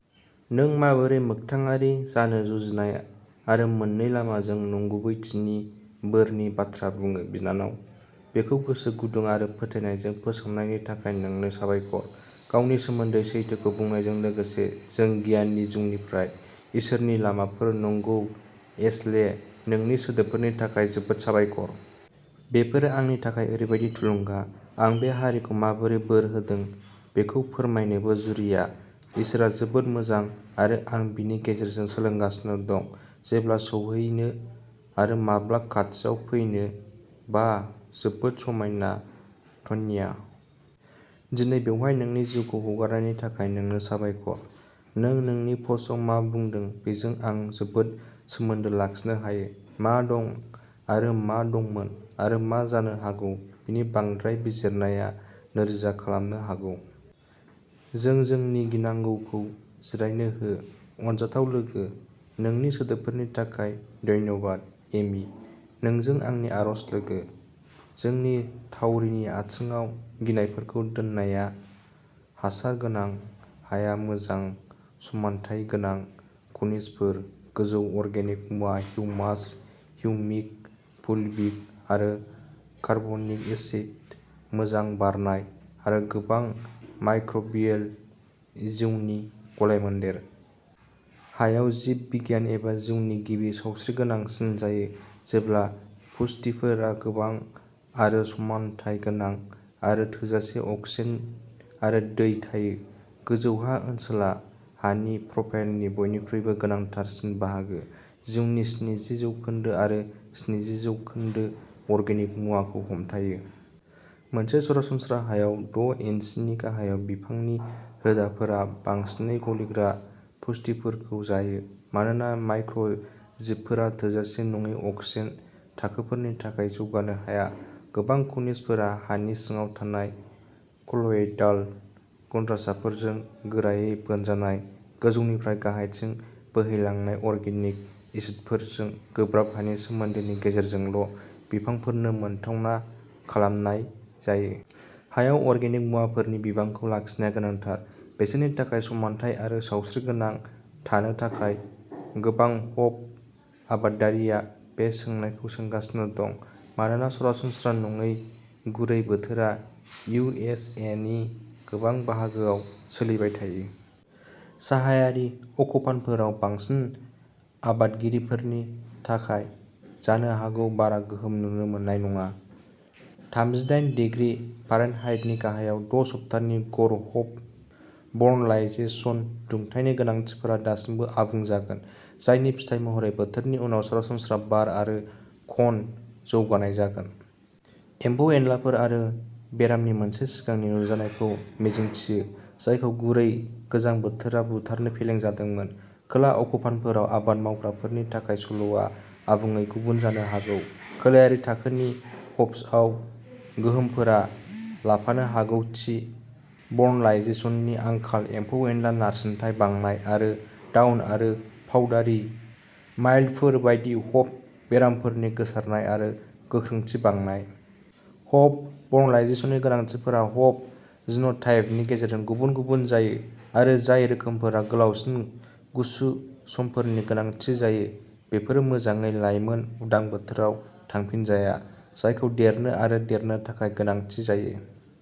नों माबोरै मोगथाङारि जानो जुजिनाय आरो मोननै लामाजों नंगुबैथिनि बोरनि बाथ्रा बुङो, बिनानाव। बेखौ गोसो गुदुं आरो फोथायनायजों फोसावनायनि थाखाय नोंनो साबायखर, गावनि सोमोन्दै सैथोखौ बुंनायजों लोगोसे। जों गियानि जिउनिफ्राय इसोरनि लामाफोर नंगौ एशले नोंनि सोदोबफोरनि थाखाय जोबोद साबायखर। बेफोरो आंनि थाखाय ओरैबादि थुलुंगा। आं बे हारिखौ माबोरै बोर होदों बेखौ फोरमायनोबो जुरिया। इसोरआ जोबोद मोजां आरो आं बिनि गेजेरजों सोलोंगासिनो दं जेब्ला सौहैनो आरो माब्ला खाथियाव फैनो। बाह जोबोद समायना टन्या। दिनै बेवहाय नोंनि जिउखौ हगारनायनि थाखाय नोंनो साबायखर। नों नोंनि पस्टआव मा बुंदों बेजों आं जोबोद सोमोन्दो लाखिनो हायो। मा दं आरो मा दंमोन आरो मा जानो हागौ बेनि बांद्राय बिजिरनाया नोरजिया खालामनो हागौ। जों जोंनि गिनांगौखौ जिरायनो हो, अनजाथाव लोगो। नोंनि सोदोबफोरनि थाखाय धन्यबाद एमि। नोंजों आंनि आरज लोगो। जोंनि थावरिनि आथिंआव गिनायफोरखौ दोननाया। हासार गोनां हाया मोजां समानथाय गोनां खनिजफोर, गोजौ अर्गेनिक मुवा, हिउमास, हिउमिक, फुलभिक आरो कार्बनिक एसिड, मोजां बारनाय आरो गोबां माइक्रोबियल जिउनि गलायमोन्देर। हायाव जिब बिगियान एबा जिउआ बिनि सावस्रिगोनांसिन जायो जेब्ला पुष्टिफोरा गोबां आरो समानथाय गोनां, आरो थोजासे अक्सिजेन आरो दै थायो। गोजौ हा ओनसोला हानि प्रफाइलनि बयनिख्रुइबो गोनांथारसिन बाहागो जिउनि स्निजि जौखोन्दो आरो स्निजि जौखोन्दो अर्गेनिक मुवाखौ हमथायो। मोनसे सरासनस्रा हायाव, द' इन्सिनि गाहायाव बिफांनि रोदाफोरा बांसिनै गलिग्रा पुष्टिफोरखौ जायो मानोना माइक्र'जिबफोरा थोजासे नङै अक्सिजेन थाखोफोरनि थाखाय जौगानो हाया। गोबां खनिजफोरा हानि सिङाव थानाय कल'यडाल गुनद्रासाफोरजों गोरायै बोनजानाय, गोजौनिफ्राय गाहायथिं बोहैलांनाय अर्गेनिक एसिडफोरजों गोब्राब हानि सोमोन्दोनि गेजेरजोंल' बिफांफोरनो मोनथावना खालामनाय जायो। हायाव अर्गेनिक मुवाफोरनि बिबांखौ लाखिनाया गोनांथार। बिसोरनि थाखाय समानथाय आरो सावस्रिगोनां थानो थाखाय। गोबां हप आबादारिया बे सोंनायखौ सोंगासिनो दं मानोना सरासनस्रा नङै गुरै बोथोरा इउ एस ए नि गोबां बाहागोआव सोलिबाय थायो। साहायारि अक्षफानफोराव बांसिन आबादगिरिफोरनि थाखाय जानो हागौ बारा गोहोम नुनो मोननाय नङा। थामजिदायेन दिग्रि फारेनहाइटनि गाहायाव द' सप्तानि गर हप वर्नलाइजेशन दुंथायनि गोनांथिफोरा दासिमबो आबुं जागोन, जायनि फिथाय महरै बोथोरनि उनाव सरासनस्रा बार आरो कन जौगानाय जागोन। एम्फौ-एनलाफोर आरो बेरामनि मोनसे सिगांनि नुजानायखौ मिजिंथियो जायखौ गुरै गोजां बोथोरा बुथारनो फेलें जादोंमोन। खोला अक्षफानफोराव आबाद मावग्राफोरनि थाखाय सल'आ आबुङै गुबुन जानो हागौ। खोलायारि थाखोनि हप्सआव गोहोमफोरा लाफानो हागौ थि वर्नलाइजेशननि आंखाल, एम्फौ-एनला नारसिनथाय बांनाय, आरो डाउन आरो पाउडारि माइल्ड्युफोर बायदि हप बेरामफोरनि गोसारनाय आरो गोख्रोंथि बांनाय। हप वर्नलाइजेशननि गोनांथिफोरा हप जिन'टाइपनि गेजेरजों गुबुन-गुबुन जायो आरो जाय रोखोमफोरा गोलावसिन गुसु समफोरनि गोनांथि जायो बेफोरो मोजाङै लायमोन उदां बोथोराव थांफिनजाया जायखौ देरनो आरो देरनो थाखाय गोनांथि जायो।